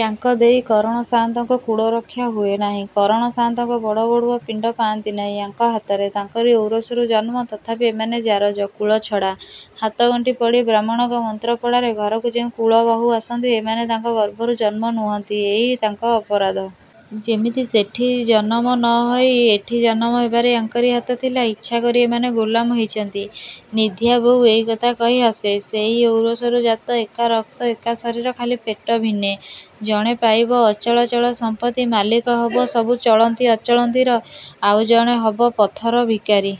ୟାଙ୍କ ଦେଇ କରଣ ସାଆନ୍ତଙ୍କ କୁଳରକ୍ଷା ହୁଏ ନାହିଁ–କରଣ ସାଆନ୍ତଙ୍କ ବଡ଼ବଡ଼ୁଆ ପିଣ୍ଡ ପାଆନ୍ତି ନାହିଁ ୟାଙ୍କ ହାତରେ। ତାଙ୍କରି ଔରସରୁ ଜନ୍ମ, ତଥାପି ଏମାନେ ଜାରଜ–କୁଳଛଡ଼ା। ହାତଗଣ୍ଠି ପଡ଼ି, ବ୍ରାହ୍ମଣଙ୍କ ମନ୍ତ୍ର ପଢ଼ାରେ ଘରକୁ ଯେଉଁ କୁଳବହୂ ଆସନ୍ତି, ଏମାନେ ତାଙ୍କ ଗର୍ଭରୁ ଜନ୍ମ ନୁହନ୍ତି–ଏଇ ତାଙ୍କ ଅପରାଧ। ଯେମିତି ସେଠି ଜନମ ନ ହେଇ ଏଠି ଜନମ ହବାରେ ୟାଙ୍କରି ହାତ ଥିଲା–ଇଚ୍ଛା କରି ଏମାନେ ଗୋଲାମ ହେଇଛନ୍ତି। ନିଧିଆ ବୋଉ ଏଇ କଥା କହି ହସେ–''ସେଇ ଔରସରୁ ଜାତ–ଏକା ରକ୍ତ–ଏକା ଶରୀର–ଖାଲିପେଟ ଭିନେ। ଜଣେ ପାଇବ ଅଚଳାଚଳ ସମ୍ପତ୍ତି–ମାଲିକ ହବ ସବୁ ଚଳନ୍ତି ଅଚଳନ୍ତିର; ଆଉ ଜଣେ ହବ ପଥର ଭିକାରି।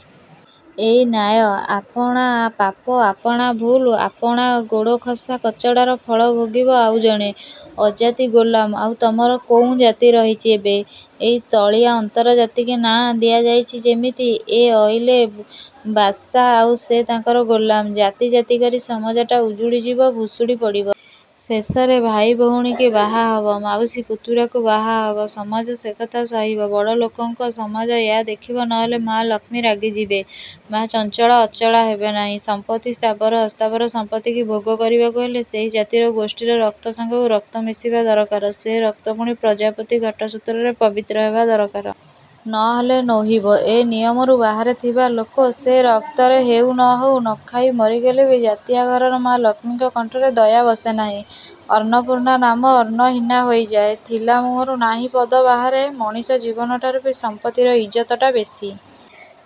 ଏଇ ନ୍ୟାୟ। ଆପଣା ପାପ, ଆପଣା ଭୁଲ୍, ଆପଣା ଗୋଡ଼ଖସା କଚଡ଼ାର ଫଳ ଭୋଗିବ ଆଉ ଜଣେ। ଅଜାତି–ଗୋଲାମ! ଆଉ ତମର କୋଉଁ ଜାତି ରହିଚି ଏବେ। ଏଇ ତଳିଆ ଅନ୍ତର ଜାତିକି ନାଆଁ ଦିଆଯାଇଚି–ଯେମିତି ଏ ଅଇଲେ ବାଦ୍ଶାହ–ଆଉ ସେ ତାଙ୍କର ଗୋଲାମ। ଜାତି ଜାତି କରି ସମାଜଟା ଉଜୁଡ଼ି ଯିବ–ଭୁଶୁଡ଼ି ପଡ଼ିବ। ଶେଷରେ ଭାଇ ଭଉଣୀକି ବାହା ହବ, ମାଉସୀ ପୁତୁରାକୁ ବାହା ହବ, ସମାଜ ସେ କଥା ସହିବ–ବଡ଼ଲୋକଙ୍କ ସମାଜ ୟା ଦେଖିବ, ନହେଲେ ମା ଲକ୍ଷ୍ମୀ ରାଗିଯିବେ–ମା ଚଞ୍ଚଳା ଅଚଳା ହେବେ ନାହିଁ। ସମ୍ପତ୍ତି–ସ୍ଥାବର ଅସ୍ଥାବର ସମ୍ପତ୍ତିକି ଭୋଗ କରିବାକୁ ହେଲେ ସେଇ ଜାତିର ଗୋଷ୍ଠୀର ରକ୍ତ ସାଙ୍ଗକୁ ରକ୍ତ ମିଶିବା ଦରକାର, ସେ ରକ୍ତ ପୁଣି ପ୍ରଜାପତି ଘଟସୂତ୍ରରେ ପବିତ୍ର ହେବା ଦରକାର। ନହେଲେ ନୋହିବ। ଏ ନିୟମରୁ ବାହାରେ ଥିବା ଲୋକ ସେ ରକ୍ତରେ ହେଉ ନହଉ, ନଖାଇ ମରିଗଲେବି ଜାତିଆ ଘରର ମା ଲକ୍ଷ୍ମୀଙ୍କ କଣ୍ଠରେ ଦୟା ବସେ ନାହିଁ। ଅନ୍ନପୂର୍ଣ୍ଣା ନାମ ଅନ୍ନହୀନା ହୋଇଯାଏ। ଥିଲା ମୁହଁରୁ ନାହିଁ ପଦ ବାହାରେ। ମଣିଷ ଜୀବନଠାରୁବି ସମ୍ପତ୍ତିର ଇଜ୍ଜତଟା ବେଶି।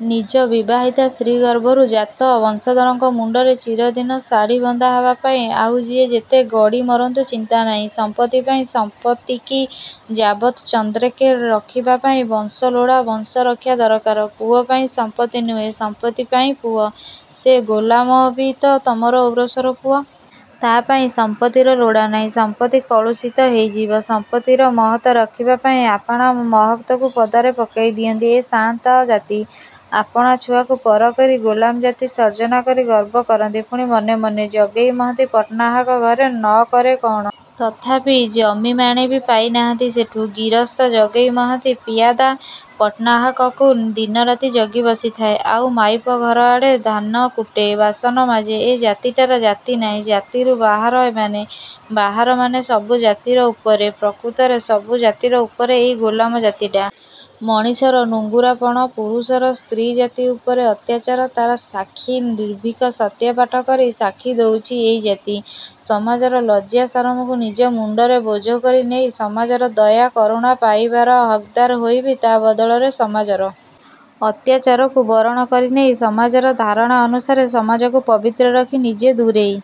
ନିଜ ବିବାହିତା ସ୍ତ୍ରୀ ଗର୍ଭରୁ ଜାତ ବଂଶଧରଙ୍କ ମୁଣ୍ଡରେ ଚିର ଦିନ ଶାଢ଼ି ବନ୍ଧା ହେବାପାଇଁ ଆଉ ଯିଏ ଯେତେ ଗଡ଼ି ମରନ୍ତୁ, ଚିନ୍ତା ନାହିଁ। ସମ୍ପତ୍ତିପାଇଁ–ସମ୍ପତ୍ତିକି ଯାବତ୍ ଚନ୍ଦ୍ରେର୍କେ ରଖିବାପାଇଁ ବଂଶ ଲୋଡ଼ା–ବଂଶ ରକ୍ଷା ଦରକାର। ପୁଅପାଇଁ ସମ୍ପତ୍ତି ନୁହେଁ–ସମ୍ପତ୍ତିପାଇଁ ପୁଅ। ସେ ଗୋଲାମବି ତ ତମର ଔରସର ପୁଅ। ତା'ପାଇଁ ସମ୍ପତ୍ତିର ଲୋଡ଼ା ନାହିଁ। ସମ୍ପତ୍ତି କଳୁଷିତ ହେଇଯିବ। ସମ୍ପତ୍ତିର ମହତ୍ ରଖିବାପାଇଁ ଆପଣା ମହତ୍କୁ ପଦାରେ ପକେଇ ଦିଅନ୍ତି ଏ ସାଆନ୍ତ ଜାତି। ଆପଣା ଛୁଆକୁ ପର କରି–ଗୋଲାମ, ଜାତି ସର୍ଜନା କରି ଗର୍ବ କରନ୍ତି ପୁଣି ମନେ ମନେ। ଜଗେଇ ମହାନ୍ତି ପଟ୍ଟନାହାକ ଘରେ ନକରେ କ'ଣ? ତଥାପି ଜମିମାଣେବି ପାଇ ନାହାନ୍ତି ସେଠୁ। ଗିରସ୍ତ ଜଗେଇ ମହାନ୍ତି ପିଆଦା, ପଟ୍ଟନାହାକଙ୍କୁ ଦିନରାତି ଜଗି ବସିଥାଏ–ଆଉ ମାଇପ ଘର ଆଡ଼େ ଧାନକୁଟେ, ବାସନ ମାଜେ। ଏ ଜାତିଟାର ଜାତି ନାହିଁ। ଜାତିରୁ ବାହାର ଏମାନେ। ବାହାର ମାନେ, ସବୁ ଜାତିର ଉପରେ। ପ୍ରକୃତରେ ସବୁ ଜାତିର ଉପରେ ଏଇ ଗୋଲାମ ଜାତିଟା। ମଣିଷର ନୁଙ୍ଗୁରା ପଣ, ପୁରୁଷର ସ୍ତ୍ରୀ ଜାତି ଉପରେ ଅତ୍ୟାଚାର, ତା'ର ସାକ୍ଷୀ–ନିର୍ଭୀକ ସତ୍ୟପାଠ କରି ସାକ୍ଷୀ ଦଉଚି ଏଇ ଜାତି। ସମାଜର ଲଜ୍ଜା ସରମକୁ ନିଜ ମୁଣ୍ଡରେ ବୋଝ କରି ନେଇ, ସମାଜର ଦୟା କରୁଣା ପାଇବାର ହକ୍ଦାର ହୋଇବି ତା' ବଦଳରେ ସମାଜର ଅତ୍ୟାଚାରକୁ ବରଣ କରିନେଇ, ସମାଜର ଧାରଣା ଅନୁସାରେ ସମାଜକୁ ପବିତ୍ର ରଖି ନିଜେ ଦୂରେଇ